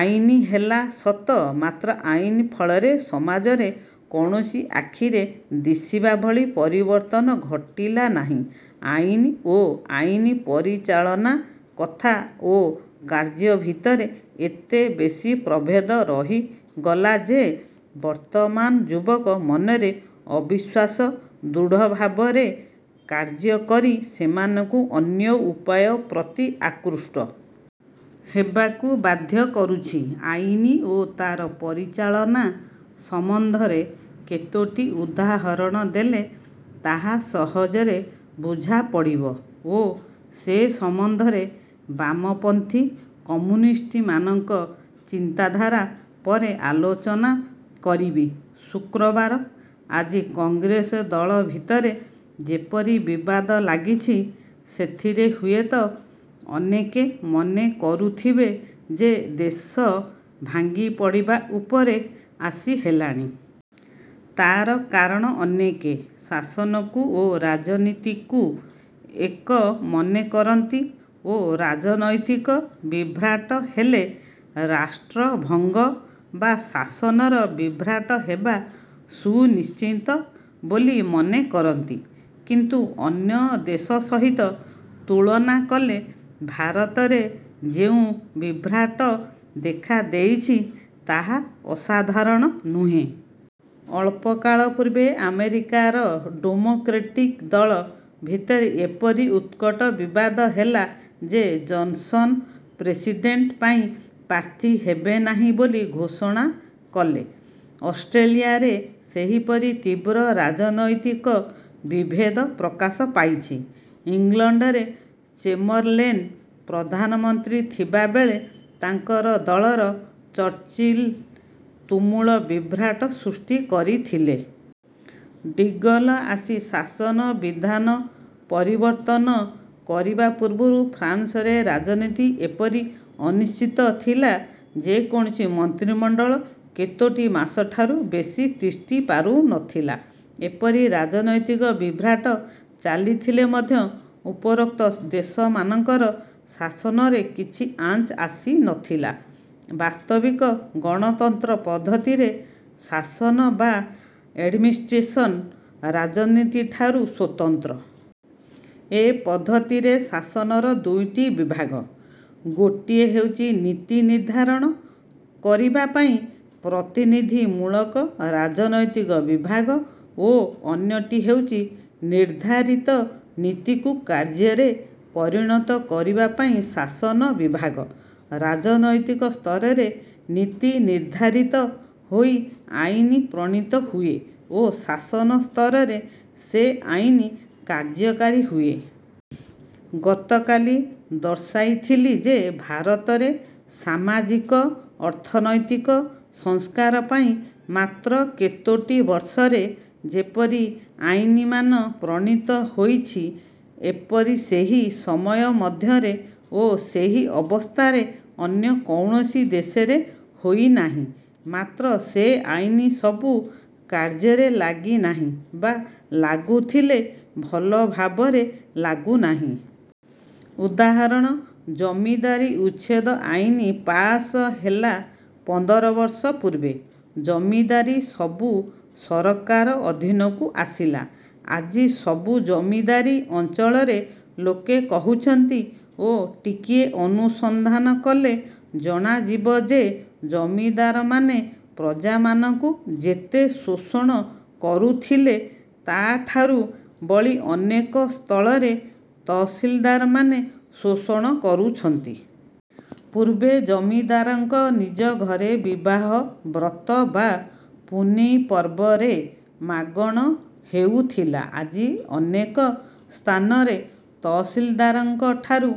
ଆଇନ ହେଲା ସତ ମାତ୍ର ଆଇନ ଫଳରେ ସମାଜରେ କୌଣସି ଆଖିରେ ଦିଶିବା ଭଳି ପରିବର୍ତ୍ତନ ଘଟିଲା ନାହିଁ। ଆଇନ ଓ ଆଇନ ପରିଚାଳନା, କଥା ଓ କାର୍ଯ୍ୟ ଭିତରେ ଏତେ ବେଶି ପ୍ରଭେଦ ରହିଗଲା ଯେ ବର୍ତ୍ତମାନ ଯୁବକ ମନରେ ଅବିଶ୍ୱାସ ଦୃଢ଼ଭାବରେ କାର୍ଯ୍ୟକରି ସେମାନଙ୍କୁ ଅନ୍ୟ ଉପାୟ ପ୍ରତି ଆକୃଷ୍ଟ। ହେବାକୁ ବାଧ୍ୟ କରୁଛି। ଆଇନ ଓ ତା'ର ପରିଚାଳନା ସମ୍ବନ୍ଧରେ କେତୋଟି ଉଦାହରଣ ଦେଲେ ତାହା ସହଜରେ ବୁଝାପଡ଼ିବ ଓ ସେ ସମ୍ବନ୍ଧରେ ବାମପନ୍ଥୀ କମ୍ୟୁନିଷ୍ଟମାନଙ୍କ ଚିନ୍ତାଧାରା ପରେ ଆଲୋଚନା କରିବି। ଶୁକ୍ରବାର ଆଜି କଂଗ୍ରେସ ଦଳ ଭିତରେ ଯେପରି ବିବାଦ ଲାଗିଛି ସେଥିରେ ହୁଏତ ଅନେକେ ମନେ କରୁଥିବେ ଯେ ଦେଶ ଭାଙ୍ଗିପଡ଼ିବା ଉପରେ ଆସି ହେଲାଣି। ତା'ର କାରଣ ଅନେକେ ଶାସନକୁ ଓ ରାଜନୀତିକୁ ଏକ ମନେ କରନ୍ତି ଓ ରାଜନୈତିକ ବିଭ୍ରାଟ ହେଲେ, ରାଷ୍ଟ୍ରଭଙ୍ଗ ବା ଶାସନର ବିଭ୍ରାଟ ହେବା ସୁନିଶ୍ଚିତ ବୋଲି ମନେ କରନ୍ତି; କିନ୍ତୁ ଅନ୍ୟ ଦେଶ ସହିତ ତୁଳନା କଲେ ଭାରତରେ ଯେଉଁ ବିଭ୍ରାଟ ଦେଖାଦେଇଛି ତାହା ଅସାଧାରଣ ନୁହେଁ। ଅଳ୍ପକାଳ ପୂର୍ବେ ଆମେରିକାର ଡେମୋକ୍ରେଟିକ ଦଳ ଭିତରେ ଏପରି ଉତ୍କଟ ବିବାଦ ହେଲା ଯେ ଜନସନ୍ ପ୍ରେସିଡ଼େଣ୍ଟ ପାଇଁ ପ୍ରାର୍ଥୀ ହେବେନାହିଁ ବୋଲି ଘୋଷଣା କଲେ। ଅଷ୍ଟ୍ରେଲିୟାରେ ସେହିପରି ତୀବ୍ର ରାଜନୈତିକ ବିଭେଦ ପ୍ରକାଶ ପାଇଛି। ଇଂଲଣ୍ଡରେ ଚେମ୍ବରଲେନ ପ୍ରଧାନମନ୍ତ୍ରୀ ଥିବାବେଳେ ତାଙ୍କର ଦଳର ଚର୍ଚ୍ଚିଲ ତୁମୁଳ ବିଭ୍ରାଟ ସୃଷ୍ଟି କରିଥିଲେ। ଡିଗଲ ଆସି ଶାସନ ବିଧାନ ପରିବର୍ତ୍ତନ କରିବା ପୂର୍ବରୁ ଫ୍ରାନସରେ ରାଜନୀତି ଏପରି ଅନିଶ୍ଚିତ ଥିଲା ଯେ କୌଣସି ମନ୍ତ୍ରିମଣ୍ଡଳ କେତୋଟି ମାସଠାରୁ ବେଶି ତିଷ୍ଠି ପାରୁନଥିଲା। ଏପରି ରାଜନୈତିକ ବିଭ୍ରାଟ ଚାଲିଥିଲେ ମଧ୍ୟ ଉପରୋକ୍ତ ଦେଶମାନଙ୍କର ଶାସନରେ କିଛି ଆଞ୍ଚ ଆସିନଥିଲା। ବାସ୍ତବିକ ଗଣତନ୍ତ୍ର ପଦ୍ଧତିରେ ଶାସନ ବା ଏଡ଼ମିନିଷ୍ଟ୍ରେସନ ରାଜନୀତିଠାରୁ ସ୍ୱତନ୍ତ୍ର। ଏ ପଦ୍ଧତିରେ ଶାସନର ଦୁଇଟି ବିଭାଗ- ଗୋଟିଏ ହେଉଛି ନୀତି ନିର୍ଦ୍ଧାରଣ କରିବାପାଇଁ ପ୍ରତିନିଧିମୂଳକ ରାଜନୈତିକ ବିଭାଗ ଓ ଅନ୍ୟଟି ହେଉଛି ନିର୍ଦ୍ଧାରିତ ନୀତିକୁ କାର୍ଯ୍ୟରେ ପରିଣତ କରିବାପାଇଁ ଶାସନ ବିଭାଗ। ରାଜନୈତିକ ସ୍ତରରେ ନୀତି ନିର୍ଦ୍ଧାରିତ ହୋଇ ଆଇନ ପ୍ରଣୀତ ହୁଏ ଓ ଶାସନ ସ୍ତରରେ ସେ ଆଇନ କାର୍ଯ୍ୟକାରୀ ହୁଏ। ଗତକାଲି ଦର୍ଶାଇଥିଲି ଯେ ଭାରତରେ ସାମାଜିକ, ଅର୍ଥନୈତିକ ସଂସ୍କାର ପାଇଁ ମାତ୍ର କେତୋଟି ବର୍ଷରେ ଯେପରି ଆଇନମାନ ପ୍ରଣୀତ ହୋଇଛି, ଏପରି ସେହି ସମୟ ମଧ୍ୟରେ ଓ ସେହି ଅବସ୍ଥାରେ ଅନ୍ୟ କୌଣସି ଦେଶରେ ହୋଇନାହିଁ। ମାତ୍ର ସେ ଆଇନ ସବୁ କାର୍ଯ୍ୟରେ ଲାଗିନାହିଁ ବା ଲାଗୁଥିଲେ ଭଲଭାବରେ ଲାଗୁନାହିଁ। ଉଦାହରଣ- ଜମିଦାରୀ ଉଚ୍ଛେଦ ଆଇନ ପାସ ହେଲା ପନ୍ଦରବର୍ଷ ପୂର୍ବେ। ଜମିଦାରୀ ସବୁ ସରକାର ଅଧୀନକୁ ଆସିଲା। ଆଜି ସବୁ ଜମିଦାରୀ ଅଞ୍ଚଳରେ ଲୋକେ କହୁଛନ୍ତି ଓ ଟିକିଏ ଅନୁସନ୍ଧାନ କଲେ ଜଣାଯିବ ଯେ ଜମିଦାରମାନେ ପ୍ରଜାମାନଙ୍କୁ ଯେତେ ଶୋଷଣ କରୁଥିଲେ, ତା'ଠାରୁ ବଳି ଅନେକ ସ୍ଥଳରେ ତହସିଲଦାରମାନେ ଶୋଷଣ କରୁଛନ୍ତି। ପୂର୍ବେ ଜମିଦାରଙ୍କ ନିଜ ଘରେ ବିବାହ ବ୍ରତ ବା ପୁନେଇ ପର୍ବରେ ମାଗଣ ହେଉଥିଲା। ଆଜି ଅନେକ ସ୍ଥାନରେ ତହସିଲଦାରଙ୍କଠାରୁ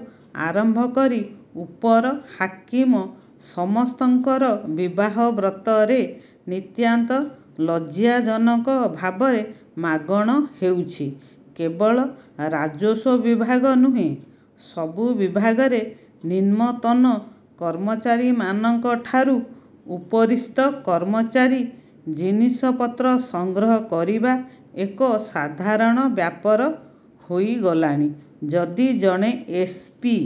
ଆରମ୍ଭ କରି ଉପର ହାକିମ ସମସ୍ତଙ୍କର ବିବାହ ବ୍ରତରେ ନିତାନ୍ତ ଲଜ୍ଜାଜନକ ଭାବରେ ମାଗଣ ହେଉଛି। କେବଳ ରାଜସ୍ୱ ବିଭାଗ ନୁହେଁ, ସବୁ ବିଭାଗରେ ନିମ୍ନତନ କର୍ମଚାରୀମାନଙ୍କଠାରୁ ଉପରିସ୍ଥ କର୍ମଚାରୀ ଜିନିଷପତ୍ର ସଂଗ୍ରହ କରିବା ଏକ ସାଧାରଣ ବ୍ୟାପାର ହୋଇଗଲାଣି। ଯଦି ଜଣେ ଏସ୍. ପି.